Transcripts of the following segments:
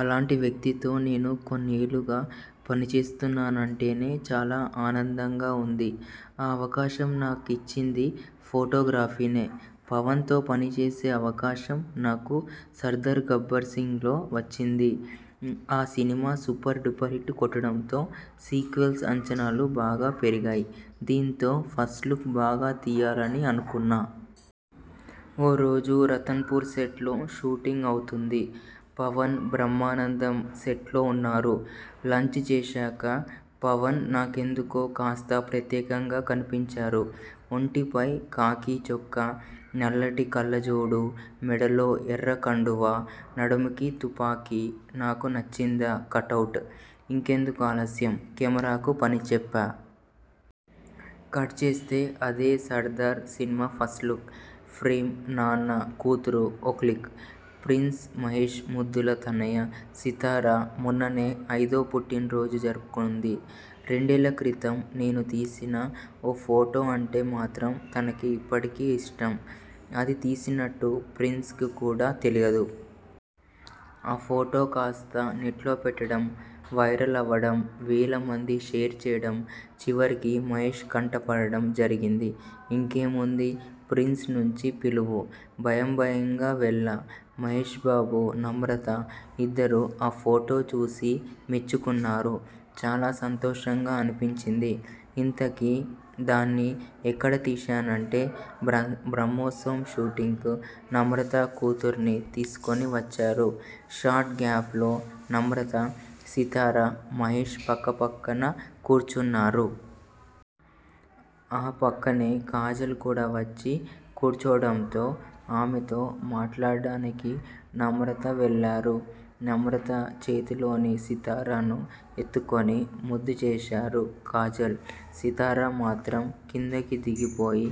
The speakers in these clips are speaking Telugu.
అలాంటి వ్యక్తితో నేను కొన్నేళ్లుగా పనిచేస్తున్నానంటేనే చాలా ఆనందంగా ఉంది. ఆ అవకాశం నాకిచ్చింది ఫొటోగ్రఫీనే. పవన్తో పనిచేసే అవకాశం నాకు 'సర్దార్ గబ్బర్ సింగ్'లో వచ్చింది. ఆ సినిమా సూపర్ డూపర్ హిట్ కొట్టడంతో సీక్వెల్పై అంచనాలు బాగా పెరిగాయి. దీంతో ఫస్ట్లుక్ బాగా తీయాలని అనుకున్నా. ఓరోజు రతన్పూర్ సెట్లో షూటింగ్ అవుతోంది. పవన్, బ్రహ్మానందం సెట్లో ఉన్నారు. లంచ్ చేశాక పవన్ నాకెందుకో కాస్త ప్రత్యేకంగా కనిపించారు. ఒంటిపై ఖాకీ చొక్కా, నల్లటి కళ్లజోడు, మెడలో ఎర్ర కండువా, నడుముకి తుపాకీ నాకు నచ్చిందా కటౌట్. ఇంకెందుకు ఆలస్యం కెమెరాకు పనిచెప్పా. కట్ చేస్తే అదే సర్దార్ సినిమా ఫస్ట్లుక్. ప్రేమ్ నాన్న, కూతురు, ఓ క్లిక్! ప్రిన్స్ మహేష్ ముద్దుల తనయ సితార. మొన్ననే అయిదో పుట్టినరోజు జరుపుకుంది. రెండేళ్లక్రితం నేను తీసిన ఓ ఫొటో అంటే మాత్రం తనకి ఇప్పటికీ ఇష్టం. అది తీసినట్టు ప్రిన్స్కు కూడా తెలియదు. ఆ ఫొటో కాస్త నెట్లో పెట్టడం, వైరల్ అవ్వడం, వేలమంది షేర్ చేయడం చివరికి మహేష్ కంటపడడం జరిగింది. ఇంకేముంది, ప్రిన్స్ నుంచి పిలువు. భయంభయంగా వెళ్లా. మహేష్బాబు, నమ్రతా ఇద్దరూ ఆ ఫొటో చూసి మెచ్చుకున్నారు. చాలా సంతోషంగా అనిపించింది. ఇంతకీ, దాన్ని ఎక్కడ తీశానంటే బ్రహ్మోత్సవం షూటింగ్కు నమ్రత కూతుర్ని తీసుకుని వచ్చారు షాట్ గ్యాప్లో నమ్రతా, సితార, మహేష్ పక్కపక్కన కూర్చున్నారు. ఆ పక్కనే కాజల్ కూడా వచ్చి కూర్చోవడంతో, ఆమెతో మాట్లాడానికి నమ్రత వెళ్లారు. నమ్రతా చేతిలోని సితారను ఎత్తుకుని ముద్దుచేశారు కాజల్. సితార మాత్రం కిందకి దిగిపోయి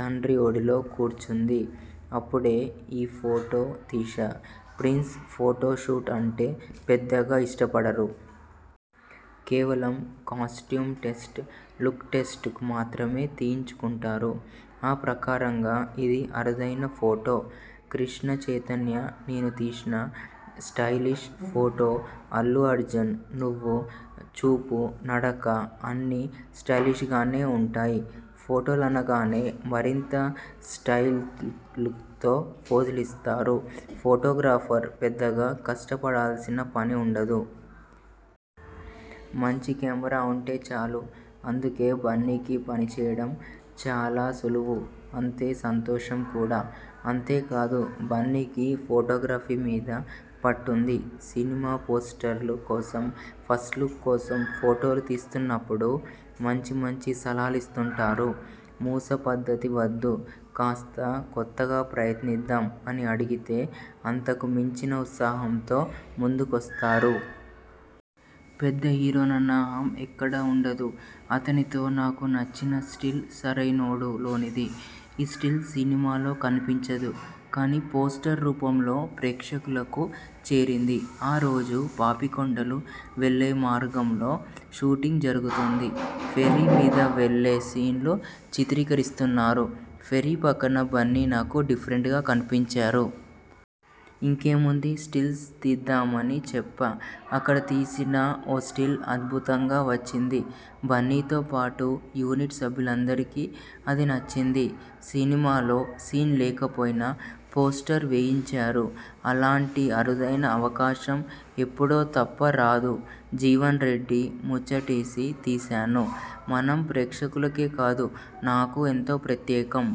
తండ్రి ఒడిలో కూర్చుంది. అప్పుడే ఈ ఫొటో తీశా. ప్రిన్స్ ఫొటో షూట్ అంటే పెద్దగా ఇష్టపడరు. కేవలం కాస్ట్యూమ్ టెస్ట్, లుక్ టెస్ట్కి మాత్రమే తీయించుకుంటారు. ఆ ప్రకారంగా ఇది అరుదైన ఫొటో. -కృష్ణ చైతన్య నేను తీసిన 'స్టైలిష్' ఫొటోఅల్లు అర్జున్ నువ్వ్వు, చూపు, నడక అన్నీ స్టైలిష్గానే ఉంటాయి. ఫొటోలనగానే మరింత స్టైల్లుక్తో పోజులిస్తారు. ఫొటోగ్రాఫర్ పెద్దగా కష్టపడాల్సిన పని ఉండదు. మంచి కెమెరా ఉంటే చాలు. అందుకే బన్నీకి పనిచేయడం చాలా సులువు అంతే సంతోషం కూడా. అంతేకాదు బన్నీకి ఫొటోగ్రఫీ మీద పట్టుంది. సినిమా పోస్టర్ల కోసం, ఫస్ట్ లుక్ కోసం ఫొటోలు తీస్తున్నప్పుడు మంచిమంచి సలహాలిస్తుంటారు. మూస పద్ధతి వద్దు కాస్త కొత్తగా ప్రయత్నిద్దాం అని అడిగితే అంతకు మించిన ఉత్సాహంతో ముందుకొస్తారు. పెద్ద హీరోనన్న అహం ఎక్కడా ఉండదు. అతనితో నాకు నచ్చిన స్టిల్ 'సరైనోడు' లోనిది. ఈ స్టిల్ సినిమాలో కనిపించదు కానీ పోస్టర్ రూపంలో ప్రేక్షకులకు చేరింది. ఆ రోజు పాపికొండలు వెళ్లే మార్గంలో షూటింగ్ జరుగుతోంది. ఫెర్రీ మీద వెళ్లే సీన్లు చిత్రీకరిస్తున్నారు. ఫెర్రీ పక్కన బన్నీ నాకు డిఫరెంట్గా కనిపించారు. ఇంకేముంది స్టిల్స్ తీద్దామని చెప్పా. అక్కడ తీసిన ఓ స్టిల్ అద్భుతంగా వచ్చింది. బన్నీతో పాటూ యూనిట్ సభ్యులందరికీ అది నచ్చింది. సినిమాలో సీన్ లేకపోయినా పోస్టర్ వేయించారు. అలాంటి అరుదైన అవకాశం ఎప్పుడో తప్ప రాదు. జీవన్ రెడ్డి ముచ్చటేసి తీశాను 'మనం' ప్రేక్షకులకే కాదు, నాకూ ఎంతో ప్రత్యేకం.